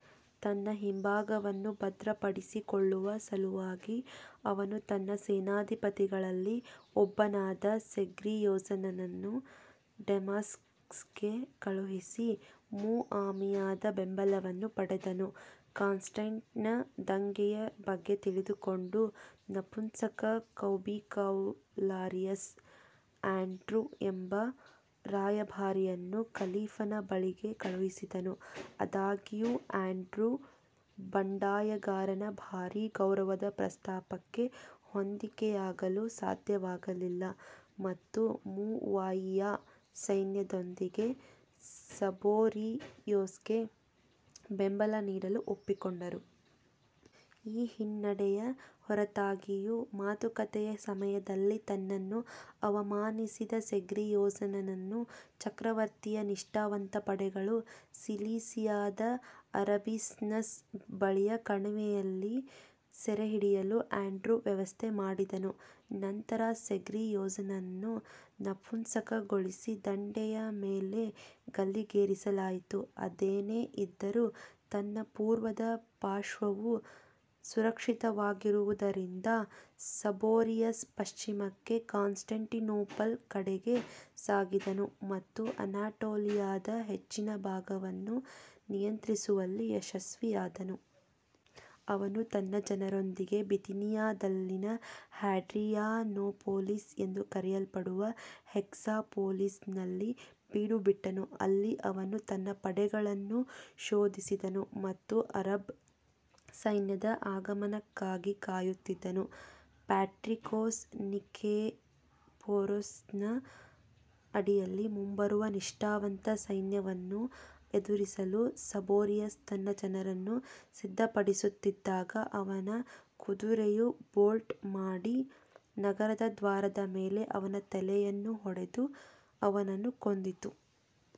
ತನ್ನ ಹಿಂಭಾಗವನ್ನು ಭದ್ರಪಡಿಸಿಕೊಳ್ಳುವ ಸಲುವಾಗಿ, ಅವನು ತನ್ನ ಸೇನಾಧಿಪತಿಗಳಲ್ಲಿ ಒಬ್ಬನಾದ ಸೆರ್ಗಿಯೋಸ್ನನ್ನು ಡಮಾಸ್ಕಸ್ಗೆ ಕಳುಹಿಸಿ ಮುಆವಿಯದ ಬೆಂಬಲವನ್ನು ಪಡೆದನು. ಕಾನ್ಸ್ಟಂಟೈನ್, ದಂಗೆಯ ಬಗ್ಗೆ ತಿಳಿದುಕೊಂಡು, ನಪುಂಸಕ ಕೌಬಿಕೌಲಾರಿಯಸ್ ಆಂಡ್ರ್ಯೂ ಎಂಬ ರಾಯಭಾರಿಯನ್ನು ಖಲೀಫನ ಬಳಿಗೆ ಕಳುಹಿಸಿದನು. ಆದಾಗ್ಯೂ, ಆಂಡ್ರ್ಯೂ, ಬಂಡಾಯಗಾರನ ಭಾರೀ ಗೌರವದ ಪ್ರಸ್ತಾಪಕ್ಕೆ ಹೊಂದಿಕೆಯಾಗಲು ಸಾಧ್ಯವಾಗಲಿಲ್ಲ ಮತ್ತು ಮುವಾಯಿಯಾ ಸೈನ್ಯದೊಂದಿಗೆ ಸಬೋರಿಯೊಸ್ಗೆ ಬೆಂಬಲ ನೀಡಲು ಒಪ್ಪಿಕೊಂಡರು. ಈ ಹಿನ್ನಡೆಯ ಹೊರತಾಗಿಯೂ, ಮಾತುಕತೆಯ ಸಮಯದಲ್ಲಿ ತನ್ನನ್ನು ಅವಮಾನಿಸಿದ ಸೆರ್ಗಿಯೋಸ್ನನ್ನು ಚಕ್ರವರ್ತಿಯ ನಿಷ್ಠಾವಂತ ಪಡೆಗಳು ಸಿಲಿಸಿಯಾದ ಅರಬಿಸ್ಸಸ್ ಬಳಿಯ ಕಣಿವೆಯಲ್ಲಿ ಸೆರೆಹಿಡಿಯಲು ಆಂಡ್ರ್ಯೂ ವ್ಯವಸ್ಥೆ ಮಾಡಿದನು. ನಂತರ ಸೆರ್ಗಿಯೋಸ್ನನ್ನು ನಪುಂಸಕಗೊಳಿಸಿ ದಂಡೆಯ ಮೇಲೆ ಗಲ್ಲಿಗೇರಿಸಲಾಯಿತು. ಅದೇನೇ ಇದ್ದರೂ, ತನ್ನ ಪೂರ್ವದ ಪಾರ್ಶ್ವವು ಸುರಕ್ಷಿತವಾಗಿರುವುದರಿಂದ, ಸಬೋರಿಯಸ್ ಪಶ್ಚಿಮಕ್ಕೆ ಕಾನ್ಸ್ಟಾಂಟಿನೋಪಲ್ ಕಡೆಗೆ ಸಾಗಿದನು ಮತ್ತು ಅನಾಟೋಲಿಯಾದ ಹೆಚ್ಚಿನ ಭಾಗವನ್ನು ನಿಯಂತ್ರಿಸುವಲ್ಲಿ ಯಶಸ್ವಿಯಾದನು. ಅವನು ತನ್ನ ಜನರೊಂದಿಗೆ ಬಿಥಿನಿಯಾದಲ್ಲಿನ ಹ್ಯಾಡ್ರಿಯಾನೊಪೊಲಿಸ್ ಎಂದೂ ಕರೆಯಲ್ಪಡುವ ಹೆಕ್ಸಾಪೊಲಿಸ್ನಲ್ಲಿ ಬೀಡುಬಿಟ್ಟನು, ಅಲ್ಲಿ ಅವನು ತನ್ನ ಪಡೆಗಳನ್ನು ಶೋಧಿಸಿದನು ಮತ್ತು ಅರಬ್ ಸೈನ್ಯದ ಆಗಮನಕ್ಕಾಗಿ ಕಾಯುತ್ತಿದ್ದನು. ಪ್ಯಾಟ್ರಿಕೋಸ್ ನಿಕೆಫೊರೊಸ್ನ ಅಡಿಯಲ್ಲಿ ಮುಂಬರುವ ನಿಷ್ಠಾವಂತ ಸೈನ್ಯವನ್ನು ಎದುರಿಸಲು ಸಬೋರಿಯೊಸ್ ತನ್ನ ಜನರನ್ನು ಸಿದ್ಧಪಡಿಸುತ್ತಿದ್ದಾಗ, ಅವನ ಕುದುರೆಯು ಬೋಲ್ಟ್ ಮಾಡಿ, ನಗರದ ದ್ವಾರದ ಮೇಲೆ ಅವನ ತಲೆಯನ್ನು ಹೊಡೆದು ಅವನನ್ನು ಕೊಂದಿತು.